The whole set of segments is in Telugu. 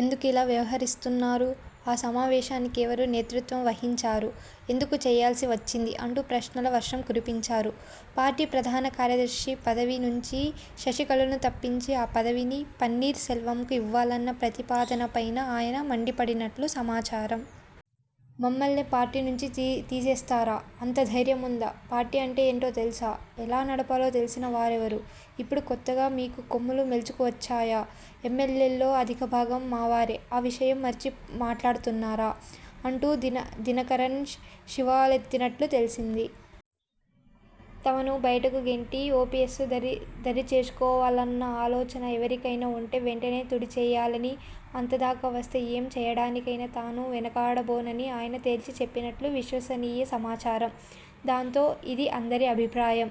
ఎందుకు ఇలా వ్యవహరిస్తున్నారు? ఆ సమావేశానికి ఎవరు నేతృత్వం వహించారు? ఎందుకు చేయాల్సి వచ్చింది? '' అంటూ ప్రశ్నల వర్షం కురిపించారు. పార్టీ ప్రధాన కార్యదర్శి పదవి నుంచి శశికళను తప్పించి ఆ పదవిని పన్నీర్ సెల్వంకు ఇవ్వాలన్న ప్రతిపాదన పైనా ఆయన మండిపడినట్లు సమాచారం. ''మమ్మల్నే పార్టీ నుంచి తీసేస్తారా? అంత ధైర్యముందా? పార్టీ అంటే ఏంటో తెలుసా? ఎలా నడపాలో తెలిసిన వారెవరు? ఇప్పుడు కొత్తగా మీకు కొమ్ములు మొలుచుకు వచ్చాయా? ఎమ్మెల్యేల్లో అధిక భాగం మావారే. ఆ విషయం మరచి మాట్లాడుతున్నారా? '' అంటూ దినకరన్ శివాలెత్తినట్లు తెలిసింది. తమను బయటకు గెంటి, ఓపీఎస్ను దరి చేర్చుకోవాలన్న ఆలోచన ఎవరికైనా ఉంటే వెంటనే తుడిచేయాలని, అంతదాకా వస్తే ఏం చేయడానికైనా తాను వెనకాడబోనని ఆయన తేల్చి చెప్పినట్లు విశ్వసనీయ సమాచారం. దాంతో, ''ఇది అందరి అభిప్రాయం.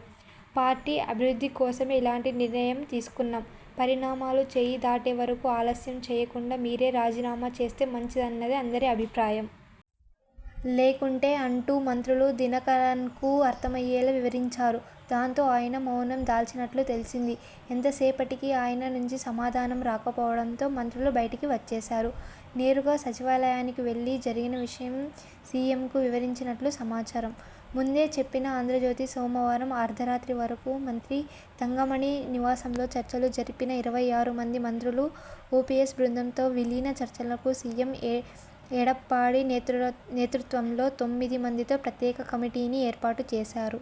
పార్టీ అభివృద్ధి కోసమే ఇలాంటి నిర్ణయం తీసుకున్నాం. పరిణామాలు చేయి దాటే వరకూ ఆలస్యం చేయకుండా మీరే రాజీనామా చేస్తే మంచిదన్నది అందరి అభిప్రాయం. లేకుంటే.. '' అంటూ మంత్రులు దినకరన్కు అర్థమయ్యేలా వివరించారు. దాంతో ఆయన మౌనం దాల్చినట్లు తెలిసింది. ఎంతసేపటికీ ఆయన నుంచి సమాధానం రాకపోవడంతో మంత్రులు బయటికి వచ్చేశారు. నేరుగా సచివాలయానికి వెళ్లి జరిగిన విషయం సీఎంకు వివరించినట్లు సమాచారం. ముందే చెప్పిన 'ఆంధ్రజ్యోతి' సోమవారం అర్ధరాత్రి వరకూ మంత్రి తంగమణి నివాసంలో చర్చలు జరిపిన ఇరవై ఆరు మంది మంత్రులు, ఓపీఎస్ బృందంతో విలీన చర్చలకు సీఎం ఎడప్పాడి నేతృత్వంలో తొమ్మిది మందితో ప్రత్యేక కమిటీని ఏర్పాటు చేశారు.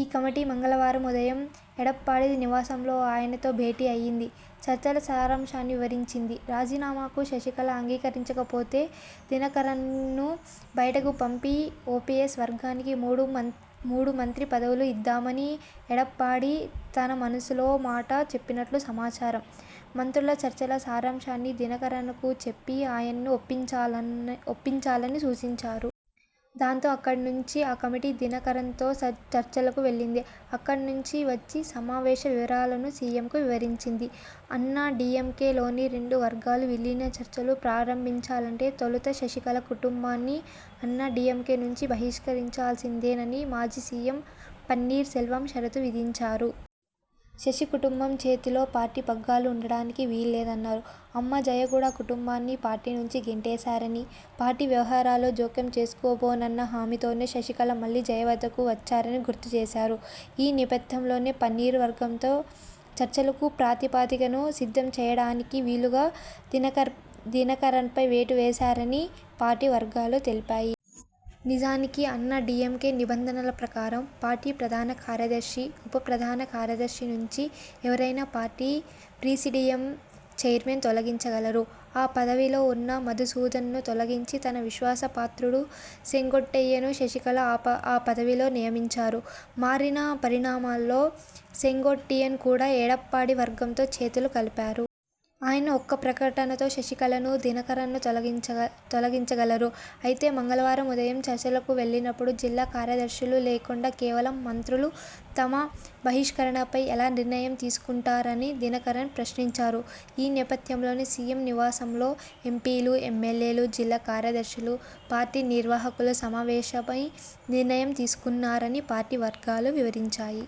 ఈ కమిటీ మంగళవారం ఉదయం ఎడప్పాడి నివాసంలో ఆయనతో భేటీ అయింది. చర్చల సారాంశాన్ని వివరించింది. రాజీనామాకు శశికళ అంగీకరించకపోతే, దినకరన్ను బయటకు పంపి, ఓపీఎస్ వర్గానికి మూడు మంత్రి పదవులు ఇద్దామని ఎడప్పాడి తన మనసులోని మాట చెప్పినట్లు సమాచారం. మంత్రుల చర్చల సారాంశాన్ని దినకరనకు చెప్పి ఆయన్ను ఒప్పించాలని సూచించారు. దాంతో, అక్కడి నుంచి ఆ కమిటీ దినకరన్ తో చర్చలకు వెళ్లింది. అక్కడి నుంచి వచ్చి సమావేశ వివరాలను సీఎంకు వివరించింది. అన్నా డీఎంకే లోని రెండు వర్గాలూ విలీన చర్చలు ప్రారంభించాలంటే తొలుత శశికళ కుటుంబాన్ని అన్నా డీఎంకే నుంచి బహిష్కరించాల్సిందేనని మాజీ సీఎం పన్నీర్ సెల్వం షరతు విధించారు. శశి కుటుంబం చేతిలో పార్టీ పగ్గాలు ఉండడానికి వీల్లేదన్నారు. అమ్మ జయ కూడా ఆ కుటుంబాన్ని పార్టీ నుంచి గెంటేశారని, పార్టీ వ్యవహారాల్లో జోక్యం చేసుకోబోనన్న హామీ తోనే శశికళ మళ్లీ జయ వద్దకు వచ్చారని గుర్తు చేశారు. ఈ నేపథ్యంలోనే, పన్నీరు వర్గంతో చర్చలకు ప్రాతిపదికను సిద్ధం చేయడానికి వీలుగా దినకరన్పై వేటు వేశారని పార్టీ వర్గాలు తెలిపాయి. నిజానికి, అన్నా డీఎంకే నిబంధనల ప్రకారం, పార్టీ ప్రధాన కార్యదర్శి, ఉప ప్రధాన కార్యదర్శి నుంచి ఎవరినైనా పార్టీ ప్రిసీడియం చైర్మన్ తొలగించగలరు. ఆ పదవిలో ఉన్న మధుసూదన్ ను తొలగించి తన విశ్వాస పాత్రుడు సెంగోట్టియ్యన్ను శశికళ ఆ పదవిలో నియమించారు. మారిన పరిణామాల్లో సెంగోట్టియ్యన్ కూడా ఎడప్పాడి వర్గంతో చేతులు కలిపారు. ఆయన ఒక్క ప్రకటనతో శశికళను, దినకరన్ను తొలగించగలరు. అయితే, మంగళవారం ఉదయం చర్చలకు వెళ్లినప్పుడు జిల్లా కార్యదర్శులు లేకుండా కేవలం మంత్రులు తమ బహిష్కరణపై ఎలా నిర్ణయం తీసుకుంటారని దినకరన్ ప్రశ్నించారు. ఈ నేపథ్యంలోనే, సీఎం నివాసంలో ఎంపీలు, ఎమ్మెల్యేలు, జిల్లా కార్యదర్శులు, పార్టీ నిర్వాహకులు సమావేశమై నిర్ణయం తీసుకున్నారని పార్టీ వర్గాలు వివరించాయి.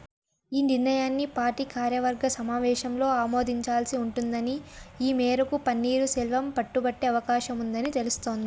ఈ నిర్ణయాన్ని పార్టీ కార్యవర్గ సమావేశంలో ఆమోదించాల్సి ఉంటుందని, ఈ మేరకు పన్నీరు సెల్వం పట్టుబట్టే అవకాశం ఉందని తెలుస్తోంది.